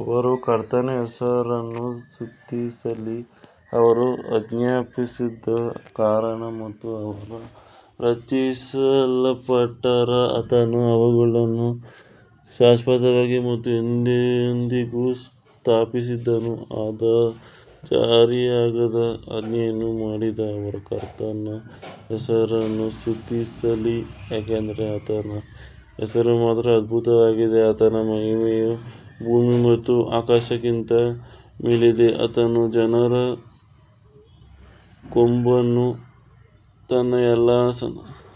ಅವರು ಕರ್ತನ ಹೆಸರನ್ನು ಸ್ತುತಿಸಲಿ, ಅವರು ಆಜ್ಞಾಪಿಸಿದ ಕಾರಣ ಮತ್ತು ಅವರು ರಚಿಸಲ್ಪಟ್ಟರು ಆತನು ಅವುಗಳನ್ನು ಶಾಶ್ವತವಾಗಿ ಮತ್ತು ಎಂದೆಂದಿಗೂ ಸ್ಥಾಪಿಸಿದನು, ಅದು ಜಾರಿಯಾಗದ ಆಜ್ಞೆಯನ್ನು ಮಾಡಿದೆ ಅವರು ಕರ್ತನ ಹೆಸರನ್ನು ಸ್ತುತಿಸಲಿ, ಏಕೆಂದರೆ ಆತನ ಹೆಸರು ಮಾತ್ರ ಅದ್ಭುತವಾಗಿದೆ, ಆತನ ಮಹಿಮೆಯು ಭೂಮಿ ಮತ್ತು ಆಕಾಶಕ್ಕಿಂತ ಮೇಲಿದೆ ಆತನು ತನ್ನ ಜನರ ಕೊಂಬನ್ನು ತನ್ನ ಎಲ್ಲಾ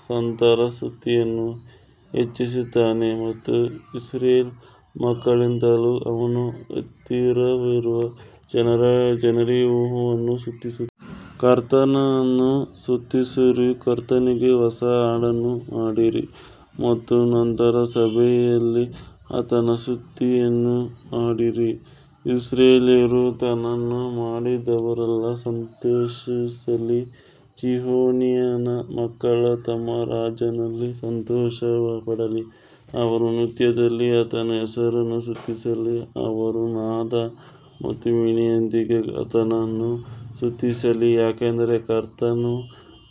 ಸಂತರ ಸ್ತುತಿಯನ್ನು ಹೆಚ್ಚಿಸುತ್ತಾನೆ ಮತ್ತು ಇಸ್ರಾಯೇಲ್ ಮಕ್ಕಳಿಂದಲೂ ಅವನ ಹತ್ತಿರವಿರುವ ಜನರು ಯೆಹೋವನನ್ನು ಸ್ತುತಿಸಿರಿ. ಕರ್ತನನ್ನು ಸ್ತುತಿಸಿರಿ, ಕರ್ತನಿಗೆ ಹೊಸ ಹಾಡನ್ನು ಹಾಡಿರಿ ಮತ್ತು ಸಂತರ ಸಭೆಯಲ್ಲಿ ಆತನ ಸ್ತುತಿಯನ್ನು ಹಾಡಿರಿ ಇಸ್ರಾಯೇಲ್ಯರು ತನ್ನನ್ನು ಮಾಡಿದವರಲ್ಲಿ ಸಂತೋಷಿಸಲಿ, ಚೀಯೋನಿನ ಮಕ್ಕಳು ತಮ್ಮ ರಾಜನಲ್ಲಿ ಸಂತೋಷಪಡಲಿ ಅವರು ನೃತ್ಯದಲ್ಲಿ ಆತನ ಹೆಸರನ್ನು ಸ್ತುತಿಸಲಿ, ಅವರು ನಾದ ಮತ್ತು ವೀಣೆಯೊಂದಿಗೆ ಆತನನ್ನು ಸ್ತುತಿಸಲಿ. ಯಾಕಂದರೆ ಕರ್ತನು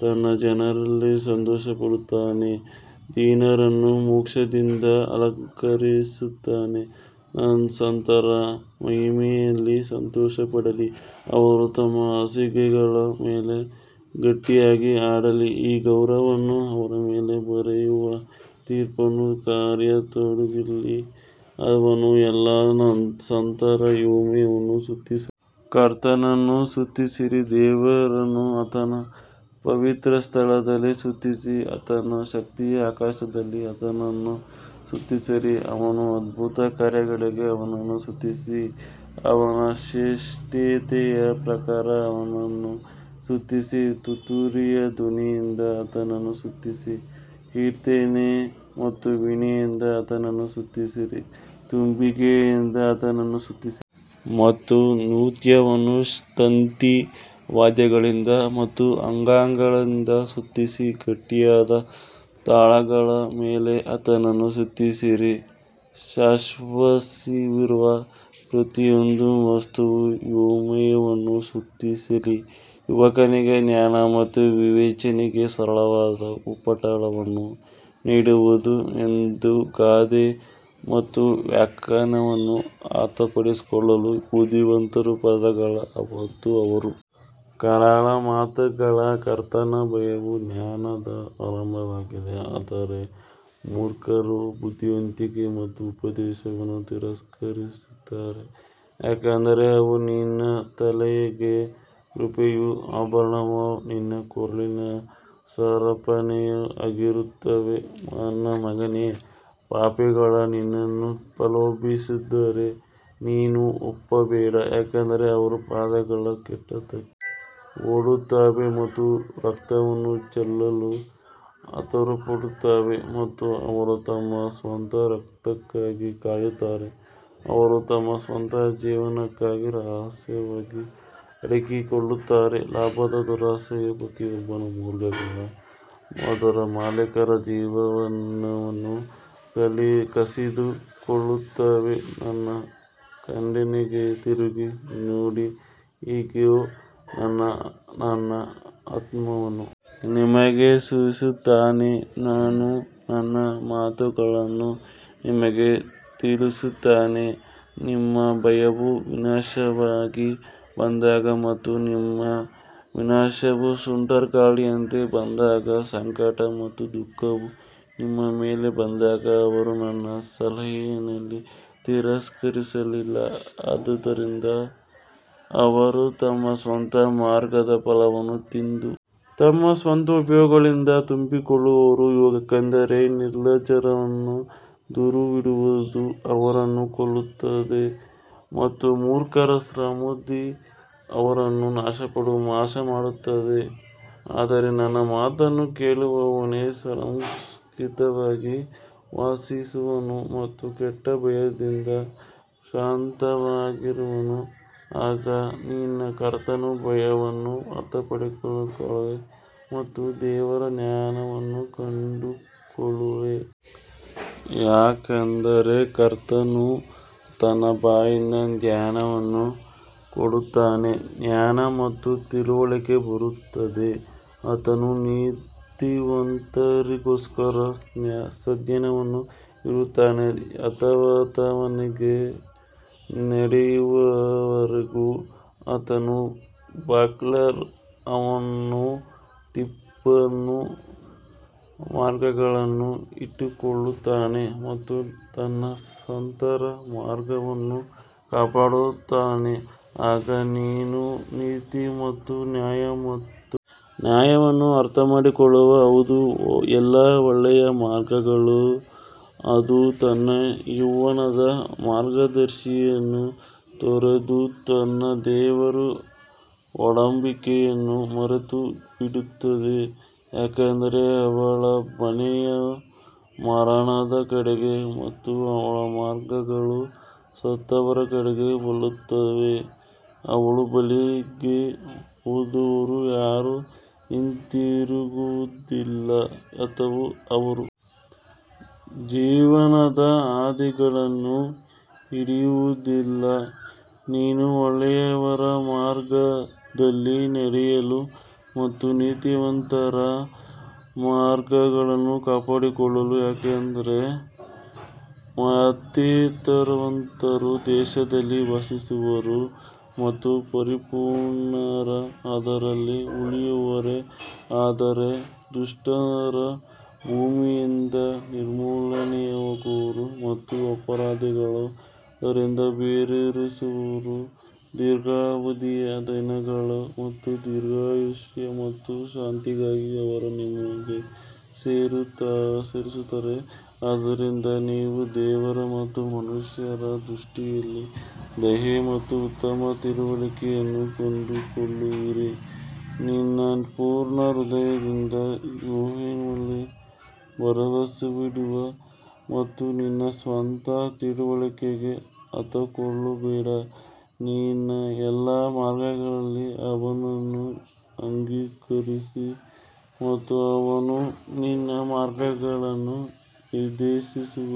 ತನ್ನ ಜನರಲ್ಲಿ ಸಂತೋಷಪಡುತ್ತಾನೆ, ದೀನರನ್ನು ಮೋಕ್ಷದಿಂದ ಅಲಂಕರಿಸುತ್ತಾನೆ ಸಂತರು ಮಹಿಮೆಯಲ್ಲಿ ಸಂತೋಷಪಡಲಿ, ಅವರು ತಮ್ಮ ಹಾಸಿಗೆಗಳ ಮೇಲೆ ಗಟ್ಟಿಯಾಗಿ ಹಾಡಲಿ ಈ ಗೌರವವನ್ನು ಅವರ ಮೇಲೆ ಬರೆಯುವ ತೀರ್ಪನ್ನು ಕಾರ್ಯಗತಗೊಳಿಸಲು ಅವನ ಎಲ್ಲಾ ಸಂತರು ಯೆಹೋವನನ್ನು ಸ್ತುತಿಸಲಿ. ಕರ್ತನನ್ನು ಸ್ತುತಿಸಿರಿ ದೇವರನ್ನು ಆತನ ಪವಿತ್ರಸ್ಥಳದಲ್ಲಿ ಸ್ತುತಿಸಿ ಆತನ ಶಕ್ತಿಯ ಆಕಾಶದಲ್ಲಿ ಆತನನ್ನು ಸ್ತುತಿಸಿರಿ ಅವನ ಅದ್ಭುತ ಕಾರ್ಯಗಳಿಗಾಗಿ ಅವನನ್ನು ಸ್ತುತಿಸಿ ಅವನ ಶ್ರೇಷ್ಠತೆಯ ಪ್ರಕಾರ ಅವನನ್ನು ಸ್ತುತಿಸಿ ತುತೂರಿಯ ಧ್ವನಿಯಿಂದ ಆತನನ್ನು ಸ್ತುತಿಸಿ, ಕೀರ್ತನೆ ಮತ್ತು ವೀಣೆಯಿಂದ ಆತನನ್ನು ಸ್ತುತಿಸಿರಿ ತಂಬಿಗೆಯಿಂದ ಆತನನ್ನು ಸ್ತುತಿಸಿ ಮತ್ತು ನೃತ್ಯವನ್ನು ತಂತಿ ವಾದ್ಯಗಳಿಂದ ಮತ್ತು ಅಂಗಗಳಿಂದ ಸ್ತುತಿಸಿ ಗಟ್ಟಿಯಾದ ತಾಳಗಳ ಮೇಲೆ ಆತನನ್ನು ಸ್ತುತಿಸಿರಿ ಶ್ವಾಸವಿರುವ ಪ್ರತಿಯೊಂದು ವಸ್ತುವು ಯೆಹೋವನನ್ನು ಸ್ತುತಿಸಲಿ ಯುವಕನಿಗೆ ಜ್ಞಾನ ಮತ್ತು ವಿವೇಚನೆಗೆ ಸರಳವಾದ ಉಪಟಳವನ್ನು ನೀಡುವುದು ಒಂದು ಗಾದೆ ಮತ್ತು ವ್ಯಾಖ್ಯಾನವನ್ನು ಅರ್ಥಮಾಡಿಕೊಳ್ಳಲು ಬುದ್ಧಿವಂತರ ಪದಗಳು ಮತ್ತು ಅವರ ಕರಾಳ ಮಾತುಗಳು ಕರ್ತನ ಭಯವು ಜ್ಞಾನದ ಆರಂಭವಾಗಿದೆ ಆದರೆ ಮೂರ್ಖರು ಬುದ್ಧಿವಂತಿಕೆ ಮತ್ತು ಉಪದೇಶವನ್ನು ತಿರಸ್ಕರಿಸುತ್ತಾರೆ ಯಾಕಂದರೆ ಅವು ನಿನ್ನ ತಲೆಗೆ ಕೃಪೆಯ ಆಭರಣವೂ ನಿನ್ನ ಕೊರಳಿನ ಸರಪಣಿಯೂ ಆಗಿರುತ್ತವೆ ನನ್ನ ಮಗನೇ, ಪಾಪಿಗಳು ನಿನ್ನನ್ನು ಪ್ರಲೋಭಿಸಿದರೆ ನೀನು ಒಪ್ಪಬೇಡ ಯಾಕಂದರೆ ಅವರ ಪಾದಗಳು ಕೆಟ್ಟದ್ದಕ್ಕೆ ಓಡುತ್ತವೆ ಮತ್ತು ರಕ್ತವನ್ನು ಚೆಲ್ಲಲು ಆತುರಪಡುತ್ತವೆ ಮತ್ತು ಅವರು ತಮ್ಮ ಸ್ವಂತ ರಕ್ತಕ್ಕಾಗಿ ಕಾಯುತ್ತಾರೆ, ಅವರು ತಮ್ಮ ಸ್ವಂತ ಜೀವನಕ್ಕಾಗಿ ರಹಸ್ಯವಾಗಿ ಅಡಗಿಕೊಳ್ಳುತ್ತಾರೆ ಲಾಭದ ದುರಾಸೆಯ ಪ್ರತಿಯೊಬ್ಬನ ಮಾರ್ಗಗಳು ಅದರ ಮಾಲೀಕರ ಜೀವನವನ್ನು ಕಸಿದುಕೊಳ್ಳುತ್ತವೆ ನನ್ನ ಖಂಡನೆಗೆ ತಿರುಗಿ ನೋಡಿ ಇಗೋ ನಾನು ನನ್ನ ಆತ್ಮವನ್ನು ನಿಮಗೆ ಸುರಿಸುತ್ತೇನೆ ನಾನು ನನ್ನ ಮಾತುಗಳನ್ನು ನಿಮಗೆ ತಿಳಿಸುತ್ತೇನೆ ನಿಮ್ಮ ಭಯವು ವಿನಾಶವಾಗಿ ಬಂದಾಗ ಮತ್ತು ನಿಮ್ಮ ವಿನಾಶವು ಸುಂಟರಗಾಳಿಯಂತೆ ಬಂದಾಗ ಸಂಕಟ ಮತ್ತು ದುಃಖವು ನಿಮ್ಮ ಮೇಲೆ ಬಂದಾಗ ಅವರು ನನ್ನ ಸಲಹೆಯನ್ನೆಲ್ಲಾ ತಿರಸ್ಕರಿಸಲಿಲ್ಲ ಆದುದರಿಂದ ಅವರು ತಮ್ಮ ಸ್ವಂತ ಮಾರ್ಗದ ಫಲವನ್ನು ತಿಂದು ತಮ್ಮ ಸ್ವಂತ ಉಪಾಯಗಳಿಂದ ತುಂಬಿಕೊಳ್ಳುವರು ಯಾಕಂದರೆ ನಿರ್ಲಜ್ಜರನ್ನು ದೂರವಿಡುವುದು ಅವರನ್ನು ಕೊಲ್ಲುತ್ತದೆ ಮತ್ತು ಮೂರ್ಖರ ಸಮೃದ್ಧಿ ಅವರನ್ನು ನಾಶಮಾಡುತ್ತದೆ ಆದರೆ ನನ್ನ ಮಾತನ್ನು ಕೇಳುವವನು ಸುರಕ್ಷಿತವಾಗಿ ವಾಸಿಸುವನು ಮತ್ತು ಕೆಟ್ಟ ಭಯದಿಂದ ಶಾಂತವಾಗಿರುವನು ಆಗ ನೀನು ಕರ್ತನ ಭಯವನ್ನು ಅರ್ಥಮಾಡಿಕೊಳ್ಳುವಿ ಮತ್ತು ದೇವರ ಜ್ಞಾನವನ್ನು ಕಂಡುಕೊಳ್ಳುವಿ ಯಾಕಂದರೆ ಕರ್ತನು ತನ್ನ ಬಾಯಿಂದ ಜ್ಞಾನವನ್ನು ಕೊಡುತ್ತಾನೆ, ಜ್ಞಾನ ಮತ್ತು ತಿಳುವಳಿಕೆ ಬರುತ್ತದೆ ಆತನು ನೀತಿವಂತರಿಗೋಸ್ಕರ ಸುಜ್ಞಾನವನ್ನು ಇಡುತ್ತಾನೆ, ಯಥಾರ್ಥವಾಗಿ ನಡೆಯುವವರಿಗೆ ಆತನು ಬಕ್ಲರ್ ಅವನು ತೀರ್ಪಿನ ಮಾರ್ಗಗಳನ್ನು ಇಟ್ಟುಕೊಳ್ಳುತ್ತಾನೆ ಮತ್ತು ತನ್ನ ಸಂತರ ಮಾರ್ಗವನ್ನು ಕಾಪಾಡುತ್ತಾನೆ ಆಗ ನೀನು ನೀತಿ ಮತ್ತು ನ್ಯಾಯ ಮತ್ತು ನ್ಯಾಯವನ್ನು ಅರ್ಥಮಾಡಿಕೊಳ್ಳುವೆ, ಹೌದು ಎಲ್ಲಾ ಒಳ್ಳೆಯ ಮಾರ್ಗಗಳು ಅದು ತನ್ನ ಯೌವನದ ಮಾರ್ಗದರ್ಶಿಯನ್ನು ತೊರೆದು ತನ್ನ ದೇವರ ಒಡಂಬಡಿಕೆಯನ್ನು ಮರೆತುಬಿಡುತ್ತದೆ ಯಾಕಂದರೆ ಅವಳ ಮನೆಯು ಮರಣದ ಕಡೆಗೆ ಮತ್ತು ಅವಳ ಮಾರ್ಗಗಳು ಸತ್ತವರ ಕಡೆಗೆ ವಾಲುತ್ತವೆ ಅವಳ ಬಳಿಗೆ ಹೋದವರು ಯಾರೂ ಹಿಂತಿರುಗುವುದಿಲ್ಲ ಅಥವಾ ಅವರು ಜೀವನದ ಹಾದಿಗಳನ್ನು ಹಿಡಿಯುವುದಿಲ್ಲ ನೀನು ಒಳ್ಳೆಯವರ ಮಾರ್ಗದಲ್ಲಿ ನಡೆಯಲು ಮತ್ತು ನೀತಿವಂತರ ಮಾರ್ಗಗಳನ್ನು ಕಾಪಾಡಿಕೊಳ್ಳಲು ಯಾಕಂದರೆ ಯಥಾರ್ಥವಂತರು ದೇಶದಲ್ಲಿ ವಾಸಿಸುವರು ಮತ್ತು ಪರಿಪೂರ್ಣರು ಅದರಲ್ಲಿ ಉಳಿಯುವರು ಆದರೆ ದುಷ್ಟರು ಭೂಮಿಯಿಂದ ನಿರ್ಮೂಲನೆಯಾಗುವರು ಮತ್ತು ಅಪರಾಧಿಗಳು ಅದರಿಂದ ಬೇರೂರಿಸುವರು ದೀರ್ಘಾವಧಿಯ ದಿನಗಳು ಮತ್ತು ದೀರ್ಘಾಯುಷ್ಯ ಮತ್ತು ಶಾಂತಿಗಾಗಿ ಅವರು ನಿಮಗೆ ಸೇರಿಸುತ್ತಾರೆ ಆದ್ದರಿಂದ ನೀವು ದೇವರ ಮತ್ತು ಮನುಷ್ಯರ ದೃಷ್ಟಿಯಲ್ಲಿ ದಯೆ ಮತ್ತು ಉತ್ತಮ ತಿಳುವಳಿಕೆಯನ್ನು ಕಂಡುಕೊಳ್ಳುವಿರಿ ನಿನ್ನ ಪೂರ್ಣ ಹೃದಯದಿಂದ ಯೆಹೋವನಲ್ಲಿ ಭರವಸವಿಡು ಮತ್ತು ನಿನ್ನ ಸ್ವಂತ ತಿಳುವಳಿಕೆಗೆ ಆತುಕೊಳ್ಳಬೇಡ ನಿನ್ನ ಎಲ್ಲಾ ಮಾರ್ಗಗಳಲ್ಲಿ ಅವನನ್ನು ಅಂಗೀಕರಿಸು ಮತ್ತು ಅವನು ನಿನ್ನ ಮಾರ್ಗಗಳನ್ನು ನಿರ್ದೇಶಿಸುವನು.